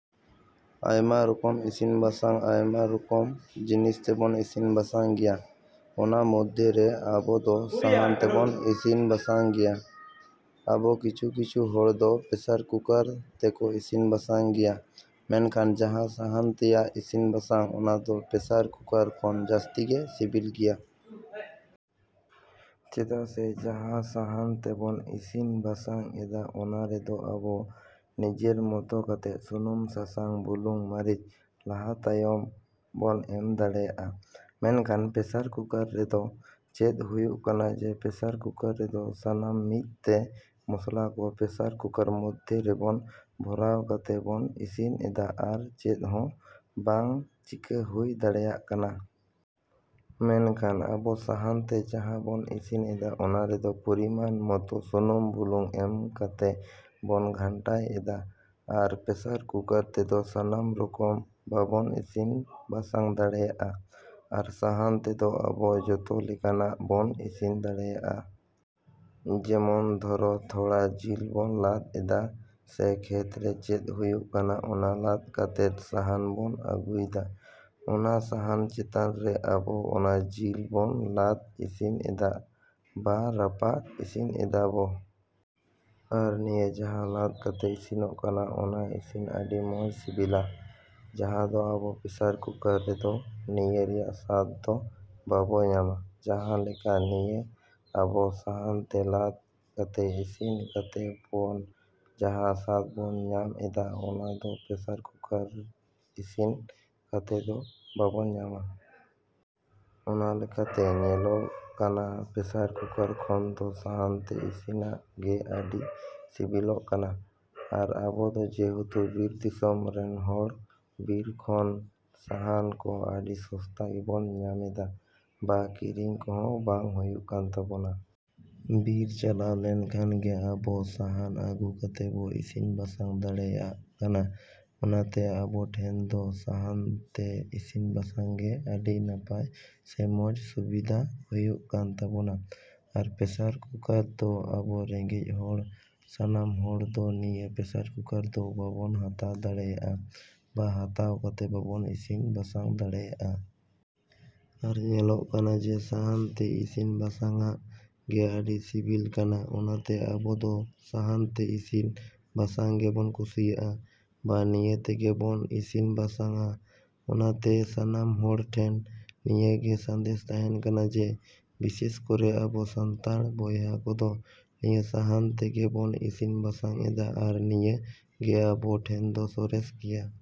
‎ᱟᱭᱢᱟ ᱨᱚᱠᱚᱢ ᱤᱥᱤᱱ ᱵᱟᱥᱟᱝ ᱟᱭᱢᱟ ᱨᱚᱠᱚᱢ ᱡᱤᱱᱤᱥ ᱛᱮᱵᱚᱱ ᱤᱥᱤᱱ ᱵᱟᱥᱟᱝ ᱜᱮᱭᱟ᱾ ᱚᱱᱟ ᱢᱚᱫᱽᱫᱷᱮ ᱨᱮ ᱟᱵᱚ ᱫᱚ ᱥᱟᱦᱟᱱ ᱛᱮᱵᱚᱱ ᱤᱥᱤᱱ ᱵᱟᱥᱟᱝ ᱜᱮᱭᱟ᱾ ᱟᱵᱟᱨ ᱠᱤᱪᱷᱩᱼᱠᱤᱪᱷᱩ ᱦᱚᱲ ᱫᱚ ᱯᱮᱥᱟᱨ ᱠᱩᱠᱟᱨ ᱛᱮᱠᱚ ᱤᱥᱤᱱ ᱵᱟᱥᱟᱝ ᱜᱮᱭᱟ᱾ ᱢᱮᱱᱠᱷᱟᱱ ᱡᱟᱦᱟᱸ ᱥᱟᱦᱟᱱ ᱛᱮᱭᱟᱜ ᱤᱥᱤᱱ ᱵᱟᱥᱟᱝ ᱚᱱᱟ ᱫᱚ ᱯᱮᱥᱟᱨ ᱠᱩᱠᱟᱨ ᱠᱷᱚᱱ ᱡᱟᱹᱥᱛᱤ ᱜᱮ ᱥᱤᱵᱤᱞ ᱜᱮᱭᱟ᱾ ᱪᱮᱫᱟᱜ ᱥᱮ ᱡᱟᱦᱟᱸ ᱥᱟᱦᱟᱱ ᱛᱮᱵᱚᱱ ᱤᱥᱤᱱ ᱵᱟᱥᱟᱝ ᱮᱫᱟ ᱚᱱᱟ ᱨᱮᱫᱚ ᱟᱵᱚ ᱱᱤᱡᱮᱨ ᱢᱚᱛᱚ ᱠᱟᱛᱮ ᱥᱩᱱᱩᱢ, ᱥᱟᱥᱟᱝ, ᱵᱩᱞᱩᱝ, ᱢᱟᱹᱨᱤᱪ ᱞᱟᱦᱟ ᱛᱟᱭᱚᱢ ᱵᱚᱱ ᱮᱢ ᱫᱟᱲᱮᱭᱟᱜᱼᱟ᱾ ᱢᱮᱱᱠᱷᱟᱱ ᱯᱮᱥᱟᱨ ᱠᱩᱠᱟᱨ ᱨᱮᱫᱚ ᱪᱮᱫ ᱦᱩᱭᱩᱜ ᱠᱟᱱᱟ ᱡᱮ ᱯᱮᱥᱟᱨ ᱠᱩᱠᱟᱨ ᱨᱮᱫᱚ ᱥᱟᱱᱟᱢ ᱢᱤᱫ ᱛᱮ ᱢᱚᱥᱞᱟ ᱠᱚ ᱯᱮᱥᱟᱨ ᱠᱩᱠᱟᱨ ᱢᱚᱫᱽᱫᱷᱮ ᱨᱮᱵᱚᱱ ᱵᱷᱚᱨᱟᱣ ᱠᱟᱛᱮ ᱵᱚᱱ ᱤᱥᱤᱱ ᱮᱫᱟ ᱟᱨ ᱪᱮᱫ ᱦᱚᱸ ᱵᱟᱝ ᱪᱮᱠᱟ ᱦᱩᱭ ᱫᱟᱲᱮᱭᱟᱜ ᱠᱟᱱᱟ᱾ ᱢᱮᱱᱠᱷᱟᱱ ᱟᱵᱚ ᱥᱟᱦᱟᱱ ᱛᱮ ᱡᱟᱦᱟᱸ ᱵᱚᱱ ᱤᱥᱤᱱ ᱮᱫᱟ ᱚᱱᱟ ᱨᱮᱫᱚ ᱯᱚᱨᱤᱢᱟᱱ ᱢᱚᱛᱚ ᱥᱩᱱᱩᱢ, ᱵᱩᱞᱩᱝ ᱮᱢ ᱠᱟᱛᱮ ᱵᱚᱱ ᱜᱷᱟᱱᱴᱟᱭ ᱮᱫᱟ᱾ ᱟᱨ ᱯᱮᱥᱟᱨ ᱠᱩᱠᱟᱨ ᱛᱮᱫᱚ ᱥᱟᱱᱟᱢ ᱨᱚᱠᱚᱢ ᱵᱟᱵᱚᱱ ᱤᱥᱤᱱ ᱵᱟᱥᱟᱝ ᱫᱟᱲᱮᱭᱟᱜᱼᱟ᱾ ᱟᱨ ᱥᱟᱦᱟᱱ ᱛᱮᱫᱚ ᱟᱵᱚ ᱡᱚᱛᱚ ᱞᱮᱠᱟᱱᱟᱜ ᱵᱚᱱ ᱤᱥᱤᱱ ᱫᱟᱲᱮᱭᱟᱜᱼᱟ᱾ ᱡᱮᱢᱚᱱ ᱫᱷᱚᱨᱚ ᱛᱷᱚᱲᱟ ᱡᱤᱞ ᱵᱚᱱ ᱞᱟᱫ ᱮᱫᱟ ᱥᱮ ᱠᱷᱮᱛᱨᱮ ᱪᱮᱫ ᱦᱩᱭᱩᱜ ᱠᱟᱱᱟ ᱚᱱᱟ ᱞᱟᱫ ᱠᱟᱛᱮᱫ ᱥᱟᱦᱟᱱ ᱵᱚᱱ ᱟᱹᱜᱩᱭ ᱫᱟ᱾ ᱚᱱᱟ ᱥᱟᱦᱟᱱ ᱪᱮᱛᱟᱱ ᱨᱮ ᱟᱵᱚ ᱚᱱᱟ ᱡᱤᱞ ᱵᱚᱱ ᱞᱟᱫ ᱤᱥᱤᱱ ᱮᱫᱟ ᱵᱟ ᱨᱟᱯᱟᱜ ᱤᱥᱤᱱ ᱮᱫᱟ ᱵᱚ᱾ ᱟᱨ ᱱᱤᱭᱟᱹ ᱡᱟᱦᱟᱸ ᱞᱟᱫ ᱠᱟᱛᱮ ᱤᱥᱤᱱᱚᱜ ᱠᱟᱱᱟ ᱚᱱᱟ ᱤᱥᱤᱱ ᱟᱹᱰᱤ ᱢᱚᱡᱽ ᱥᱤᱵᱤᱞᱟ᱾ ᱡᱟᱦᱟᱸ ᱫᱚ ᱟᱵᱚ ᱯᱮᱥᱟᱨ ᱠᱩᱠᱟᱨ ᱨᱮᱫᱚ ᱱᱤᱭᱟᱹ ᱨᱮᱭᱟᱜ ᱥᱟᱫ ᱫᱚ ᱵᱟᱵᱚ ᱧᱟᱢᱟ᱾ ᱡᱟᱦᱟᱸ ᱞᱮᱠᱟ ᱱᱤᱭᱟᱹ ᱟᱵᱚ ᱥᱟᱦᱟᱱ ᱛᱮ ᱞᱟᱫ ᱠᱟᱛᱮ ᱤᱥᱤᱱ ᱠᱟᱛᱮ ᱵᱚᱱ ᱡᱟᱦᱟᱸ ᱥᱟᱫ ᱵᱚᱱ ᱧᱟᱢ ᱮᱫᱟ ᱚᱱᱟ ᱫᱚ ᱯᱮᱥᱟᱨ ᱠᱩᱠᱟᱨ ᱤᱥᱤᱱ ᱠᱟᱛᱮ ᱫᱚ ᱵᱟᱵᱚᱱ ᱧᱟᱢᱟ᱾ ᱚᱱᱟ ᱞᱮᱠᱟ ᱛᱮ ᱧᱮᱞᱚᱜ ᱠᱟᱱᱟ ᱯᱮᱥᱟᱨ ᱠᱩᱠᱟᱨ ᱠᱷᱚᱱ ᱫᱚ ᱥᱟᱦᱟᱱ ᱛᱮ ᱤᱥᱤᱱᱟᱜ ᱜᱮ ᱟᱹᱰᱤ ᱥᱤᱵᱤᱞᱚᱜ ᱠᱟᱱᱟ᱾ ᱟᱨ ᱟᱵᱚ ᱫᱚ ᱡᱮᱦᱮᱛᱩ ᱵᱤᱨ ᱫᱤᱥᱚᱢ ᱨᱮᱱ ᱦᱚᱲ, ᱵᱤᱨ ᱠᱷᱚᱱ ᱥᱟᱦᱟᱱ ᱠᱚ ᱟᱹᱰᱤ ᱥᱚᱥᱛᱟ ᱜᱮᱵᱚᱱ ᱧᱟᱢᱮᱫᱟ ᱵᱟ ᱠᱤᱨᱤᱧ ᱠᱚ ᱦᱚᱸ ᱵᱟᱝ ᱦᱩᱭᱩᱜ ᱠᱟᱱ ᱛᱟᱵᱚᱱᱟ᱾ ᱵᱤᱨ ᱪᱟᱞᱟᱣ ᱞᱮᱱ ᱠᱷᱟᱱ ᱜᱮ ᱟᱵᱚ ᱥᱟᱦᱟᱱ ᱟᱹᱜᱩ ᱠᱟᱛᱮ ᱵᱚ ᱤᱥᱤᱱ ᱵᱟᱥᱟᱝ ᱫᱟᱲᱮᱭᱟᱜ ᱠᱟᱱᱟ᱾ ᱚᱱᱟ ᱛᱮ ᱟᱵᱚ ᱴᱷᱮᱱ ᱫᱚ ᱥᱟᱦᱟᱱ ᱛᱮ ᱤᱥᱤᱱ ᱵᱟᱥᱟᱝ ᱜᱮ ᱟᱹᱰᱤ ᱱᱟᱯᱟᱭ ᱥᱮ ᱢᱚᱡᱽ ᱥᱩᱵᱤᱫᱟ ᱦᱩᱭᱩᱜ ᱠᱟᱱ ᱛᱟᱵᱚᱱᱟ᱾ ᱟᱨ ᱯᱮᱥᱟᱨ ᱠᱩᱠᱟᱨ ᱫᱚ ᱟᱵᱚ ᱨᱮᱸᱜᱮᱡ ᱦᱚᱲ ᱥᱟᱱᱟᱢ ᱦᱚᱲ ᱫᱚ ᱱᱤᱭᱟᱹ ᱯᱮᱥᱟᱨ ᱠᱩᱠᱟᱨ ᱫᱚ ᱵᱟᱵᱚᱱ ᱦᱟᱛᱟᱣ ᱫᱟᱲᱮᱭᱟᱜᱼᱟ ᱵᱟ ᱦᱟᱛᱟᱣ ᱠᱟᱛᱮ ᱵᱟᱵᱚᱱ ᱤᱥᱤᱱ ᱵᱟᱥᱟᱝ ᱫᱟᱲᱮᱭᱟᱜᱼᱟ᱾ ᱟᱨ ᱧᱮᱞᱚᱜ ᱠᱟᱱᱟ ᱡᱮ ᱥᱟᱦᱟᱱ ᱛᱮ ᱤᱥᱤᱱ ᱵᱟᱥᱟᱝᱼᱟᱜ ᱜᱮ ᱟᱹᱰᱤ ᱥᱤᱵᱤᱞ ᱠᱟᱱᱟ᱾ ᱚᱱᱟ ᱛᱮ ᱟᱵᱚ ᱫᱚ ᱥᱟᱦᱟᱱ ᱛᱮ ᱤᱥᱤᱱ ᱵᱟᱥᱟᱝ ᱜᱮᱵᱚᱱ ᱠᱩᱥᱤᱭᱟᱜᱼᱟ ᱵᱟ ᱱᱤᱭᱟᱹ ᱛᱮᱜᱮ ᱵᱚᱱ ᱤᱥᱤᱱ ᱵᱟᱥᱟᱝᱼᱟ᱾ ᱚᱱᱟ ᱛᱮ ᱥᱟᱱᱟᱢ ᱦᱚᱲ ᱴᱷᱮᱱ ᱱᱤᱭᱟᱹ ᱜᱮ ᱥᱟᱸᱫᱮᱥ ᱛᱟᱦᱮᱱ ᱠᱟᱱᱟ ᱡᱮ ᱵᱤᱥᱮᱥ ᱠᱚᱨᱮ ᱟᱵᱚ ᱥᱟᱱᱛᱟᱲ ᱵᱚᱭᱦᱟ ᱠᱚᱫᱚ ᱱᱤᱭᱟᱹ ᱥᱟᱦᱟᱱ ᱛᱮᱜᱮ ᱵᱚᱱ ᱤᱥᱤᱱ ᱵᱟᱥᱟᱝ ᱮᱫᱟ ᱟᱨ ᱱᱤᱭᱟᱹ ᱜᱮ ᱟᱵᱚ ᱴᱷᱮᱱ ᱫᱚ ᱥᱚᱨᱮᱥ ᱜᱮᱭᱟ᱾।